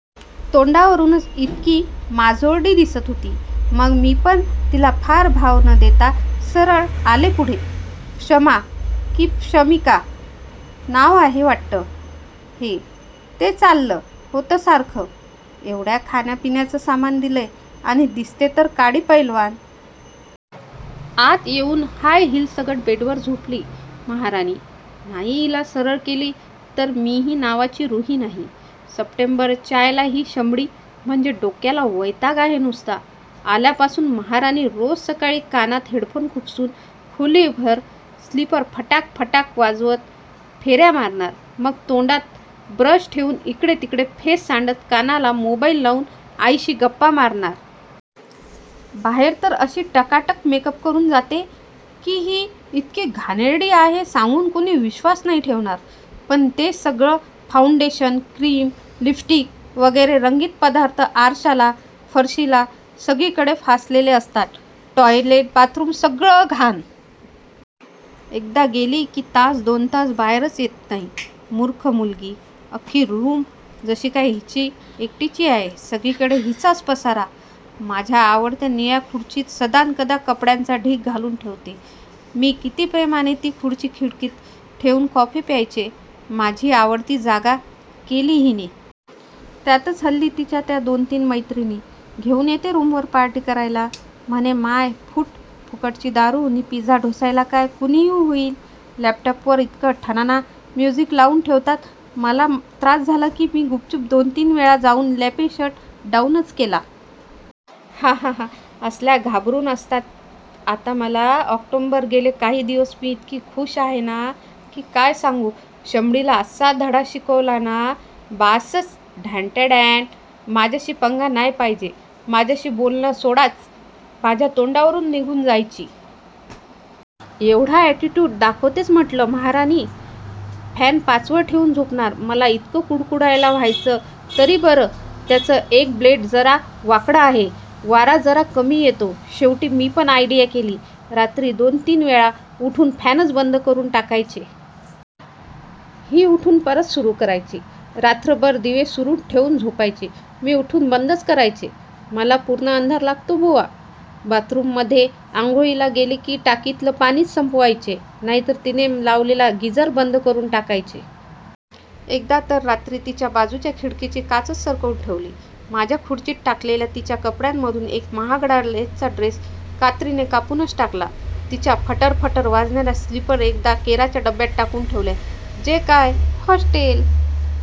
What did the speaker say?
तोंडावरूनच इतकी माजोरडी दिसत होती. मग मीपण तिला फार भाव न देता सरळ आले पुढे. शमा की शमिका नाव आहे वाट्ट. हे, ते चाललं होतं सारखं. एवढं खाण्या पिण्याचं सामान दिलंय, आणि दिसते तर काडी पैलवान. आत येऊन हाय हिल्ससकट बेडवर झोपली महाराणी! नाही हिला सरळ केली तर मीही नावाची रुही नाही! सप्टेंबर च्यायला ही शमडी म्हणजे डोक्याला वैताग आहे नुसता. आल्यापासून महाराणी रोज सकाळी कानात हेडफोन खुपसून खोलीभर स्लीपर फटाक फटाक वाजवत फेऱ्या मारणार, मग तोंडात ब्रश ठेऊन इकडे तिकडे फेस सांडत कानाला मोबाईल लावून आईशी गप्पा मारणार. बाहेर तर अशी टकाटक मेकअप करून जाते की ही इतकी घाणेरडी आहे सांगून कुणी विश्वास नाही ठेवणार. पण ते सगळे फाऊंडेशन, क्रीम्स, लिपस्टिक वगैरे रंगीत पदार्थ आरश्याला, फरशीला सगळीकडे फासलेले असतात. टॉयलेट, बाथरूम सगळं घाण. एकदा गेली की तास- दोन तास बाहेरच येत नाही मूर्ख मुलगी. अख्खी रूम जशीकाय हिची एकटीची आहे! सगळीकडे हिचाच पसारा. माझ्या आवडत्या निळ्या खुर्चीत सदानकदा कपड्यांचा ढीग घालून ठेवते. मी किती प्रेमाने ती खुर्ची खिडकीत ठेऊन कॉफी प्यायचे, माझी आवडती जागा केली हिने. त्यातच हल्ली तिच्या त्या दोन तीन मैत्रिणी घेऊन येते रूमवर पार्टी करायला. म्हणे! माय फूट! फुकटची दारू नि पिझ्झा ढोसायला काय कुणीही होईल. लॅपटॉपवर इतकं ठणाणा म्युझिक लावून ठेवतात. मला त्रास झाला की मी गुपचूप दोन तीनवेळा जाऊन लॅपी शट डाऊनच केला. हॅहॅहॅ, असल्या घाबरून असतात आता मला. ऑक्टोबर गेले काही दिवस मी इतकी खुश आहे ना की काय सांगू! शमडीला अस्सा धडा शिकवलाय ना, बासच! ढाणटडॅण! माझ्याशी पंगा नाय पायजे. माझ्याशी बोलणं सोडाच, माझ्या तोंडावरून निघून जायची. एवढा ऍटीट्यूड! दाखवतेच म्हटलं. महाराणी फॅन पाचवर ठेऊन झोपणार, मला इतकं कुडकुडायला व्हायचं. तरी बरं त्याचं एक ब्लेड जरा वाकडं आहे, वारा जरा कमी येतो. शेवटी मीपण आयडिया केली. रात्री दोनतीन वेळा उठून फॅनच बंद करून टाकायचे. ही उठून परत सुरू करायची. रात्रभर दिवे सुरू ठेऊन झोपायची, मी उठून बंदच करायचे. मला पूर्ण अंधार लागतो बुवा. बाथरूममध्ये आंघोळीला गेले की टाकीतलं पाणीच संपवायचे, नाहीतर तिने लावलेला गिझरच बंद करून टाकायचे. एकदा तर रात्री तिच्या बाजूच्या खिडकीची काचच सरकवून ठेवली. माझ्या खुर्चीत टाकलेल्या तिच्या कपड्यामधून एक महागडा लेसचा ड्रेस कात्रीने कापूनच टाकला. तिच्या त्या फटर फटर वाजणाऱ्या स्लीपर एकदा केराच्या डब्यात टाकून ठेवल्या, जे काय हॉस्टेल